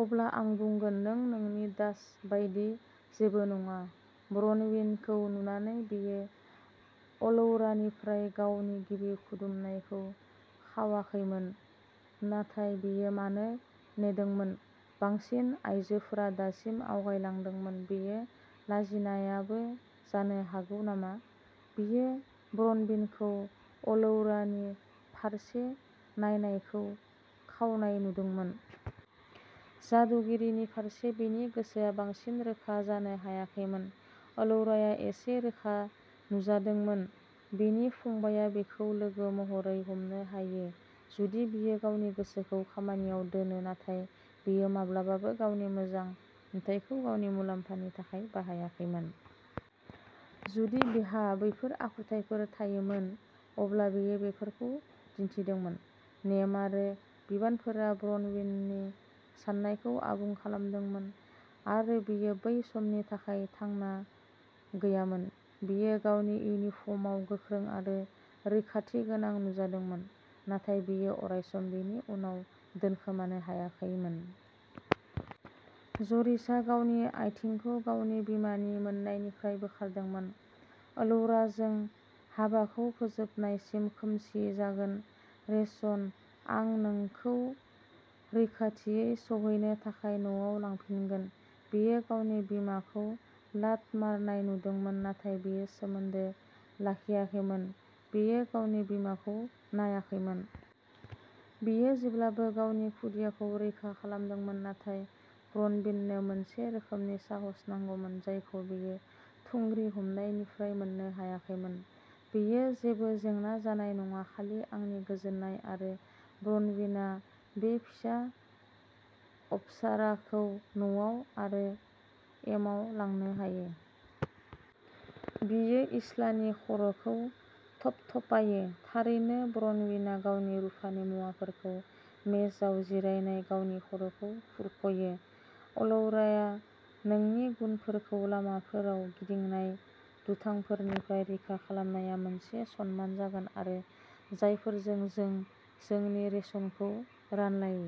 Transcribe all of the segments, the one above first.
"अब्ला आं बुंगोन नों नोंनि दास बायदि जेबो नङा। " ब्रनविनखौ नुनानै, बियो अलौरानिफ्राय गावनि गिबि खुदुमनायखौ खावाखैमोन। नाथाय बियो मानो नेदोंमोन; बांसिन आइजोफोरा दासिम आवगायलांदोंमोन। बेयो लाजिनायाबो जानो हागौ नामा? बियो ब्रनविनखौ अलौरानि फारसे नायनायखौ खावनाय नुदोंमोन। जादुगिरिनि फारसे बिनि गोसोआ बांसिन रोखा जानो हायाखैमोन। अलौराया एसे रोखा नुजादोंमोन। बिनि फंबायआ बिखौ लोगो महरै हमनो हायो जुदि बियो गावनि गोसोखौ खामानियाव दोनो, नाथाय बियो माब्लाबाबो गावनि मोजां नुथायखौ गावनि मुलाम्फानि थाखाय बाहायाखैमोन। जुदि बिहा बैफोर आखुथायफोर थायोमोन, अब्ला बियो बेफोरखौ दिन्थिदोंमोन। नेम आरो बिबानफोरा ब्रनविननि साननायखौ आबुं खालामदोंमोन, आरो बियो बै समनि थाखाय थांना गैयामोन। बियो गावनि इउनिफर्मआव गोख्रों आरो रैखाथिगोनां नुजादोंमोन, नाथाय बियो अरायसम बेनि उनाव दोनखोमानो हायाखैमोन। ज'रिसआ गावनि आथिंखौ गावनि बिमानि मोननायनिफ्राय बोखारदोंमोन। "अलौरा, जों हाबाखौ फोजोबनायसिम खोमसि जागोन। रेशन। आं नोंखौ रैखाथियै सौहैनो थाखाय न'आव लांफिनगोन। "बियो गावनि बिमाखौ लात मारनाय नुदोंमोन, नाथाय बियो सोमोन्दो लाखियाखैमोन। बियो गावनि बिमाखौ नायाखैमोन। बियो जेब्लाबो गावनि खुदियाखौ रैखा खालामदोंमोन, नाथाय ब्रनविननो मोनसे रोखोमनि साहस नांगौमोन जायखौ बियो थुंग्रि हमनायनिफ्राय मोननो हायाखैमोन। " बेयो जेबो जेंना जानाय नङा, खालि आंनि गोजोननाय। आरो ब्रनविनआ बे फिसा अप्सराखौ न'आव आरो एमाव लांनो हायो। "बियो इस्लानि खर'खौ थपथपायो। " थारैनो। "ब्रनविनआ गावनि रुफानि मुवाफोरखौ मेजआव जिरायना गावनि खर'खौ खुरख'यो। " अलौरा, नोंनि गुनफोरखौ लामाफोराव गिदिंनाय दुथांफोरनिफ्राय रैखा खालामनाया मोनसे सनमान जागोन आरो जायफोरजों जों जोंनि रेशनखौ रानलायो।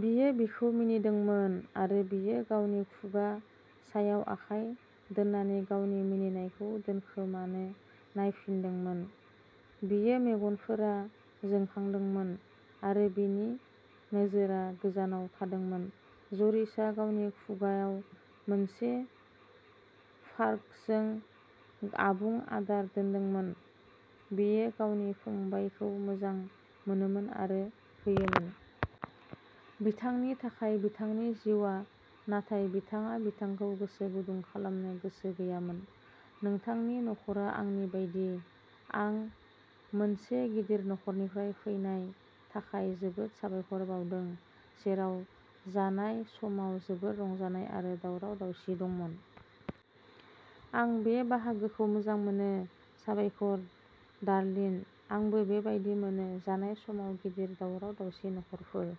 "बियो बिखौ मिनिदोंमोन, आरो बियो गावनि खुगा सायाव आखाय दोननानै गावनि मिनिनायखौ दोनखोमानो नायफिनदोंमोन। बिनि मेगनफोरा जोंखांदोंमोन, आरो बिनि नोजोरआ गोजावना थादोंमोन। ज'रिसआ गावनि खुगाआव मोनसे फार्कजों आबुं आदार दोनदोंमोन। बियो गावनि फंबायखौ मोजां मोनोमोन आरो होयोमोन। बिथांनि थाखाय बिथांनि जिउआ, नाथाय बिथाङा बिथांखौ गोसो गुदुं खालामनो गोसो गैयामोन। नोंथांनि नख'रा आंनि बायदि। आं मोनसे गिदिर नख'रनिफ्राय फैनाय थाखाय जोबोद साबायखर बावदों, जेराव जानाय समाव जोबोद रंजानाय आरो दावराव-दावसि दंमोन। आं बे बाहागोखौ मोजां मोनो! साबायखर, डार्लिन। आंबो बेबादि मोनोः जानाय समाव गिदिर, दावराव-दावसि नखरफोर।